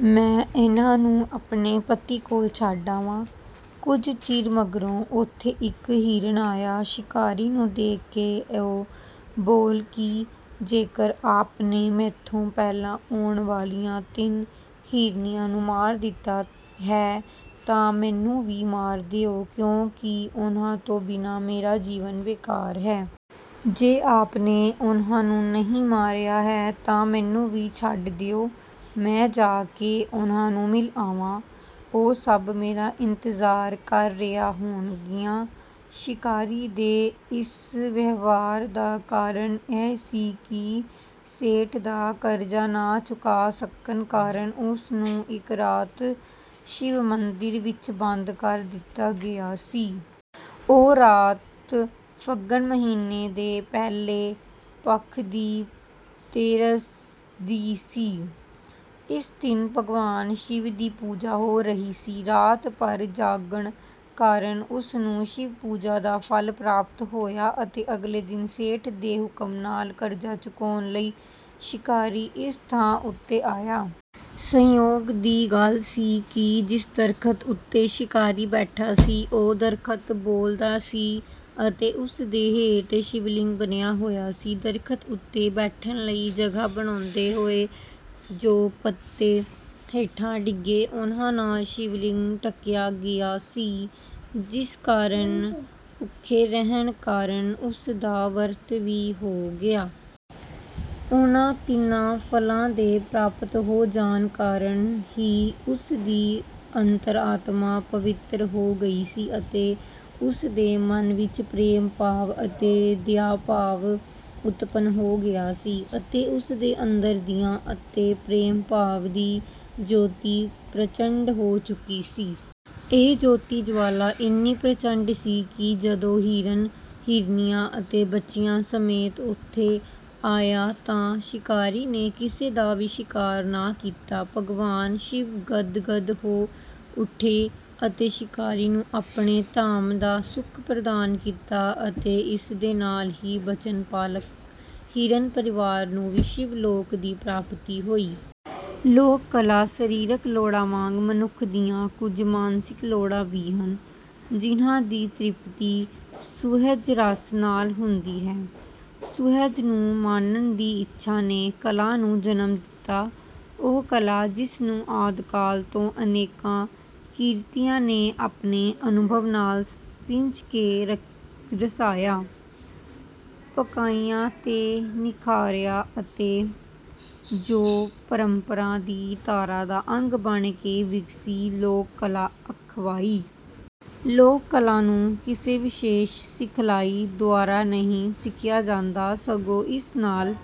ਮੈਂ ਇਨ੍ਹਾਂ ਨੂੰ ਆਪਣੇ ਪਤੀ ਕੋਲ ਛੱਡ ਆਵਾਂ। ਕੁਝ ਚਿਰ ਮਗਰੋਂ ਉਥੇ ਇੱਕ ਹਿਰਨ ਆਇਆ ਸ਼ਿਕਾਰੀ ਨੂੰ ਦੇਖ ਕੇ ਉਹ ਬੋਲਿਆ ਕਿ ਜੇਕਰ ਆਪ ਨੇ ਮੈਥੋਂ ਪਹਿਲਾਂ ਆਉਣ ਵਾਲੀਆਂ ਤਿੰਨ ਹਿਰਨੀਆਂ ਨੂੰ ਮਾਰ ਦਿੱਤਾ ਹੈ ਤਾਂ ਮੈਨੂੰ ਵੀ ਮਾਰ ਦਿਓ ਕਿਉਂਕਿ ਉਨ੍ਹਾਂ ਤੋਂ ਬਿਨਾਂ ਮੇਰਾ ਜੀਵਨ ਬੇਕਾਰ ਹੈ। ਜੇਕਰ ਆਪ ਨੇ ਉਨ੍ਹਾਂ ਨੂੰ ਨਹੀਂ ਮਾਰਿਆ ਹੈ ਤਾਂ ਮੈਨੂੰ ਵੀ ਛੱਡ ਦਿਓ, ਮੈਂ ਜਾ ਕੇ ਉਨ੍ਹਾਂ ਨੂੰ ਮਿਲ ਆਵਾਂ, ਉਹ ਸਭ ਮੇਰਾ ਇੰਤਜ਼ਾਰ ਕਰ ਰਹੀਆਂ ਹੋਣਗੀਆਂ। ਸ਼ਿਕਾਰੀ ਦੇ ਇਸ ਵਿਵਹਾਰ ਦਾ ਕਾਰਨ ਇਹ ਸੀ ਕਿ ਸੇਠ ਦਾ ਕਰਜ਼ਾ ਨਾ ਚੁਕਾ ਸਕਣ ਕਾਰਨ ਉਸ ਨੂੰ ਇੱਕ ਰਾਤ ਸ਼ਿਵ ਮੰਦਿਰ ਵਿੱਚ ਬੰਦ ਕਰ ਦਿੱਤਾ ਗਿਆ ਸੀ। ਉਹ ਰਾਤ ਫੱਗਣ ਮਹੀਨੇ ਦੇ ਪਹਿਲੇ ਪੱਖ ਦੀ ਤੇਰਸ ਦੀ ਸੀ। ਇਸ ਦਿਨ ਭਗਵਾਨ ਸ਼ਿਵ ਦੀ ਪੂਜਾ ਹੋ ਰਹੀ ਸੀ। ਰਾਤ ਭਰ ਜਾਗਣ ਕਾਰਨ ਉਸ ਨੂੰ ਸ਼ਿਵ ਪੂਜਾ ਦਾ ਫਲ ਪ੍ਰਾਪਤ ਹੋਇਆ ਅਤੇ ਅਗਲੇ ਦਿਨ ਸੇਠ ਦੇ ਹੁਕਮ ਨਾਲ ਕਰਜ਼ਾ ਚੁਕਾਉਣ ਲਈ ਸ਼ਿਕਾਰੀ ਇਸ ਥਾਂ ਉੱਤੇ ਆਇਆ। ਸੰਯੋਗ ਦੀ ਗੱਲ ਸੀ ਕਿ ਜਿਸ ਦਰੱਖਤ ਉੱਤੇ ਸ਼ਿਕਾਰੀ ਬੈਠਾ ਸੀ, ਉਹ ਦਰੱਖਤ ਬੇਲ ਦਾ ਸੀ ਅਤੇ ਉਸ ਦੇ ਹੇਠ ਸ਼ਿਵਲਿੰਗ ਬਣਿਆ ਹੋਇਆ ਸੀ। ਦਰੱਖਤ ਉੱਤੇ ਬੈਠਣ ਲਈ ਜਗ੍ਹਾ ਬਣਾਉਂਦੇ ਹੋਏ ਜੋ ਪੱਤੇ ਹੇਠਾਂ ਡਿੱਗੇ, ਉਨ੍ਹਾਂ ਨਾਲ ਸ਼ਿਵਲਿੰਗ ਢਕਿਆ ਗਿਆ ਸੀ, ਜਿਸ ਕਾਰਨ ਭੁੱਖੇ ਰਹਿਣ ਕਾਰਨ ਉਸ ਦਾ ਵਰਤ ਵੀ ਹੋ ਗਿਆ। ਇਨ੍ਹਾਂ ਤਿੰਨਾਂ ਫਲਾਂ ਦੇ ਪ੍ਰਾਪਤ ਹੋ ਜਾਣ ਕਾਰਨ ਹੀ ਉਸ ਦੀ ਅੰਤਰ-ਆਤਮਾ ਪਵਿੱਤਰ ਹੋ ਗਈ ਸੀ ਅਤੇ ਉਸ ਦੇ ਮਨ ਵਿੱਚ ਪ੍ਰੇਮ ਭਾਵ ਅਤੇ ਦਿਆ ਭਾਵ ਉਤਪੰਨ ਹੋ ਗਿਆ ਸੀ ਅਤੇ ਉਸ ਦੇ ਅੰਦਰ ਦਿਆ ਅਤੇ ਪ੍ਰੇਮ ਭਾਵ ਦੀ ਜਯੋਤੀ ਪ੍ਰਚੰਡ ਹੋ ਚੁੱਕੀ ਸੀ। ਇਹ ਜਯੋਤੀ ਜਵਾਲਾ ਇੰਨੀ ਪ੍ਰਚੰਡ ਸੀ ਕਿ ਜਦੋਂ ਹਿਰਨ ਹਿਰਨੀਆਂ ਅਤੇ ਬੱਚਿਆਂ ਸਮੇਤ ਉਥੇ ਆਇਆ ਤਾਂ ਸ਼ਿਕਾਰੀ ਨੇ ਕਿਸੇ ਦਾ ਵੀ ਸ਼ਿਕਾਰ ਨਾ ਕੀਤਾ। ਭਗਵਾਨ ਸ਼ਿਵ ਗਦ-ਗਦ ਹੋ ਉੱਠੇ ਅਤੇ ਸ਼ਿਕਾਰੀ ਨੂੰ ਆਪਣੇ ਧਾਮ ਦਾ ਸੁੱਖ ਪ੍ਰਦਾਨ ਕੀਤਾ ਅਤੇ ਇਸ ਦੇ ਨਾਲ ਹੀ ਬਚਨ ਪਾਲਕ ਹਿਰਨ ਪਰਿਵਾਰ ਨੂੰ ਵੀ ਸ਼ਿਵ ਲੋਕ ਦੀ ਪ੍ਰਾਪਤੀ ਹੋਈ। ਲੋਕ ਕਲਾ ਸਰੀਰਕ ਲੋੜਾਂ ਵਾਂਗ, ਮਨੁੱਖ ਦੀਆਂ ਕੁਝ ਮਾਨਸਿਕ ਲੋੜਾਂ ਵੀ ਹਨ, ਜਿਨ੍ਹਾਂ ਦੀ ਤ੍ਰਿਪਤੀ ਸੁਹਜ ਰਸ ਨਾਲ ਹੁੰਦੀ ਹੈ। ਸੁਹਜ ਨੂੰ ਮਾਨਣ ਦੀ ਇੱਛਾ ਨੇ ਕਲਾ ਨੂੰ ਜਨਮ ਦਿੱਤਾ। ਉਹ ਕਲਾ, ਜਿਸ ਨੂੰ ਆਦਿ ਕਾਲ ਤੋਂ ਅਨੇਕਾਂ ਕਿਰਤੀਆਂ ਨੇ ਆਪਣੇ ਅਨੁਭਵ ਨਾਲ ਸਿੰਜ ਕੇ ਰਸਾਇਆ, ਪਕਾਇਆ ਤੇ ਨਿਖਾਰਿਆ ਅਤੇ ਜੋ ਪਰੰਪਰਾਂ ਦੀ ਧਾਰਾ ਦਾ ਅੰਗ ਬਣ ਕੇ ਵਿਗਸੀ, ਲੋਕ ਕਲਾ ਅਖਵਾਈ। ਲੋਕ ਕਲਾ ਨੂੰ ਕਿਸੇ ਵਿਸ਼ੇਸ ਸਿਖਲਾਈ ਦੁਆਰਾ ਨਹੀਂ ਸਿੱਖਿਆ ਜਾਂਦਾ ਸਗੋਂ ਇਸ ਨਾਲ